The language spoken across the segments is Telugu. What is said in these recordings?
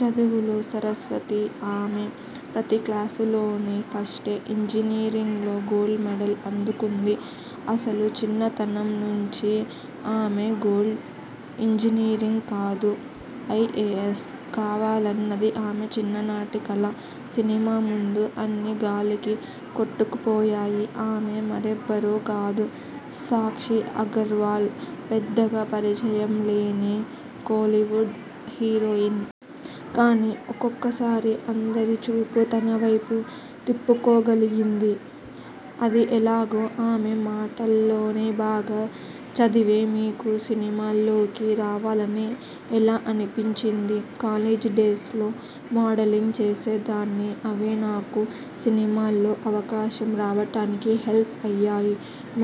చదువుల సరస్వతి ఆమె. ప్రతి క్లాసులోనూ ఫస్టే! ఇంజనీరింగ్లో గోల్డ్ మెడల్ అందుకుంది. అసలు చిన్నతనం నుంచీ ఆమె గోల్ ఇంజనీరింగ్ కాదు. ఐఏఎస్ కావాలన్నది ఆమె చిన్ననాటి కల. సినిమా ముందు అన్నీ గాలికి కొట్టుకుపోయాయి. ఆమె మరెవరో కాదు. సాక్షి అగర్వాల్ పెద్దగా పరిచయం లేని కోలీవుడ్ హీరోయిన్. కానీ ఒక్కసారిగా అందరి చూపు తన వైపు తిప్పుకోగలిగింది. అది ఎలాగో ఆమె మాటల్లోనేబాగా చదివే మీకు సినిమాల్లోకి రావాలని ఎలా అని పించింది? కాలేజీ డేస్లో మోడలింగ్ చేసేదాన్ని. అవే నాకు సినిమాల్లో అవకాశం రావడానికి హెల్ప్ అయ్యాయి.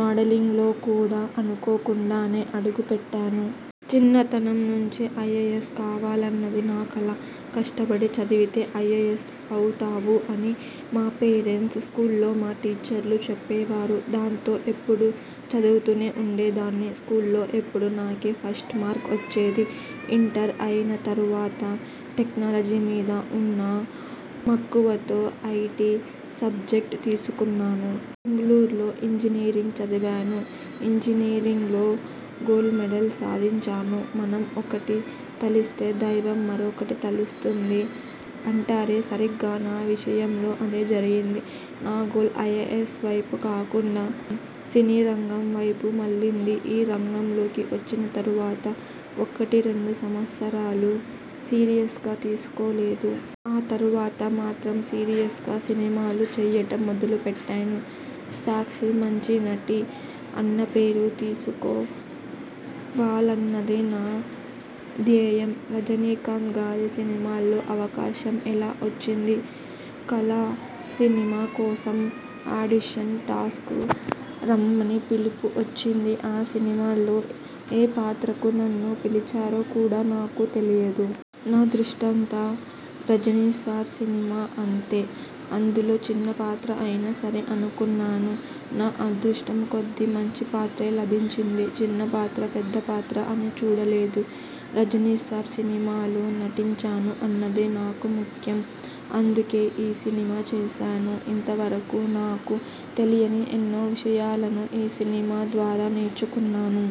మోడలింగ్లో కూడా అనుకోకుండానే అడుగుపెట్టాను. చిన్నతనం నుంచీ ఐఏఎస్ కావాలన్నది నా కల. కష్టపడి చదివితే ఐఏఎస్ అవుతావు అని మా పేరెంట్స్, స్కూల్లో మా టీచర్లు చెప్పేవారు. దాంతో ఎప్పుడూ చదువుతూనే ఉండేదాన్ని. స్కూల్లో ఎప్పుడూ నాకే ఫస్ట్ మార్క్ వచ్చేది. ఇంటర్ అయిన తరువాత టెక్నాలజీ మీద ఉన్న మక్కువతో ఐటి సబ్జెక్ట్ తీసుకున్నాను. బెంగుళూరులో ఇంజనీరింగ్ చదివాను. ఇంజనీరింగులో గోల్డ్ మెడల్ సాధించాను. మనం ఒకటి తలిస్తే దైవం మరొకటి తలుస్తుంది అంటారేసరిగ్గా నా విషయంలో అదే జరిగింది. నా గోల్ ఐఏఎస్ వైపు కాకుండా సినీరంగం వైపు మళ్ళింది. ఈ రంగంలోకి వచ్చిన తరువాత ఒకటి రెండు సవత్సరాలు సీరియస్గా తీసుకోలేదు. ఆ తరువాత మాత్రం సీరియస్గా సినిమాలు చేయడం మొదలు పెట్టాను. సాక్షి మంచి నటి అన్న పేరు తెచ్చుకోవాలన్నదే నా ధ్యేయం. రజనీకాంత్ గారి సినిమాలో అవకాశం ఎలా వచ్చింది? 'కాలా' సినిమా కోసం అడిషన్ టెస్ట్కు రమ్మని పిలుపు వచ్చింది. ఆ సినిమాలో ఏ పాత్రకు నన్ను పిలిచారో కూడా నాకు తెలియదు. నా దృష్టంతా రజనీసార్ సినిమా అంతే! అందులో చిన్న పాత్ర అయినా సరే అనుకున్నాను. నా అదృష్టం కొద్దీ మంచి పాత్రే లభించింది. చిన్నపాత్రా, పెద్ద పాత్రా అని చూడలేదు. రజనీసార్ సినిమాలో నటించాను అన్నదే నాకు ముఖ్యం అందుకే ఈ సినిమా చేశాను. ఇంత వరకూ నాకు తెలియని ఎన్నో విషయాలను ఈ సినిమా ద్వారా నేర్చుకున్నాను.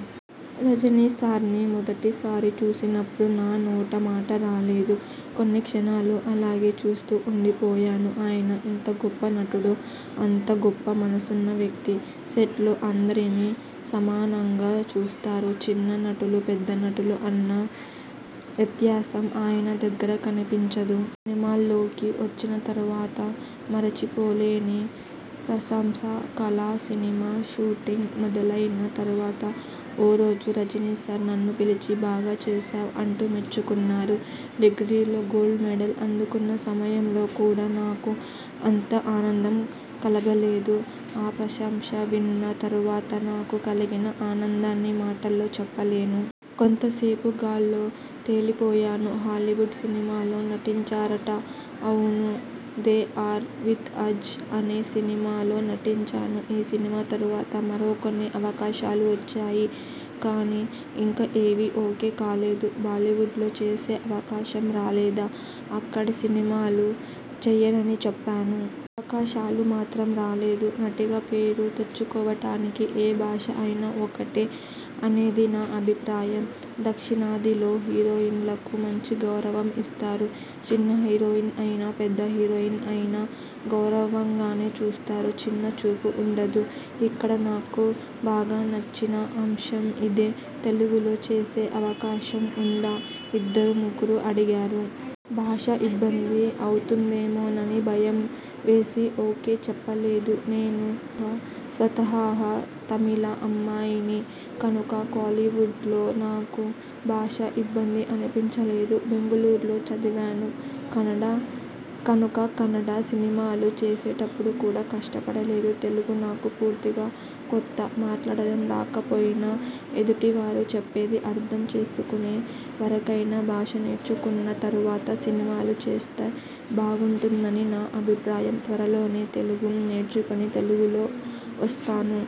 రజనీసార్ని మొదటి సారి చూసినప్పుడు నా నోట మాట రాలేదు. కొన్ని క్షణాలు అలాగే చూస్తూ ఉండిపోయాను. ఆయన ఎంత గొప్ప నటుడో అంత గొప్ప మనసున్న వ్యక్తి. సెట్లో అందరినీ సమానంగా చూస్తారు. చిన్న నటులు, పెద్ద నటులు అన్న వ్యత్యాసం ఆయన దగ్గర కనిపించదు. సినిమాల్లోకి వచ్చిన తరువాత మరిచి పోలేని ప్రసంశ 'కాలా' సినిమా షూటింగ్ మొదలయిన తరువాత ఓ రోజు రజనీసార్ నన్ను పిలిచి 'బాగా చేశావ్' అంటూ మెచ్చుకున్నారు. డిగ్రీలో గోల్డ్ మెడల్ అందుకున్న సమయంలో కూడా నాకు అంత ఆనందం కలగలేదు. ఆ ప్రశంస విన్న తరువాత నాకు కలిగిన ఆనందాన్ని మాటల్లో చెప్పలేను. కొంతసేపు గాల్లో తేలిపోయాను. హాలీవుడ్ సినిమాలో నటించారట? అవును 'దే ఆర్ విత్ అజ్' అనే సినిమాలో నటించాను. ఈ సినిమా తరువాత మరికొన్ని అవకాశాలు వచ్చాయి కానీ, ఇంకా ఏవీ ఓకే కాలేదు. బాలీవుడ్లో చేసే అవకాశం రాలేదా? అక్కడ సినిమాలు చేయనని చెప్పను. అవకాశాలు మాత్రం రాలేదు. నటిగా పేరు తెచ్చుకోవడానికి ఏ భాష అయినా ఒకటే అనేది నా అభిప్రాయం. దక్షిణాదిలో హీరోయిన్లకు మంచి గౌరవం ఇస్తారు. చిన్న హీరోయిన్ అయినా, పెద్ద హీరోయిన్ అయినా గౌరవంగానే చూస్తారు. చిన్న చూపు ఉండదు. ఇక్కడ నాకు బాగా నచ్చిన అంశం ఇదే తెలుగులో చేసే అవకాశం ఉందా ఇద్దరు ముగ్గురు అడిగారు. భాష ఇబ్బంది అవుతుందేమోనని భయం వేసి ఓకే చెప్పలేదు. నేను స్వతాహాగా తమిళ అమ్మాయిని కనుక కోలీవుడ్లో నాకు భాష ఇబ్బంది అనిపించలేదు. బెంగళూరులో చదివాను కనుక కన్నడ సినిమాలు చేసేటప్పుడు కూడా కష్టపడలేదు. తెలుగు నాకు పూర్తిగా కొత్త. మాట్లాడడం రాకపోయినా, ఎదుటి వారు చెప్పేది అర్థం చేసుకునే వరకైనా భాష నేర్చుకున్న తరువాత సినిమాలు చేస్తే బాగుంటుందని నా అభిప్రాయం. త్వరలోనే తెలుగు నేర్చుకుని, తెలుగులో చేస్తాను.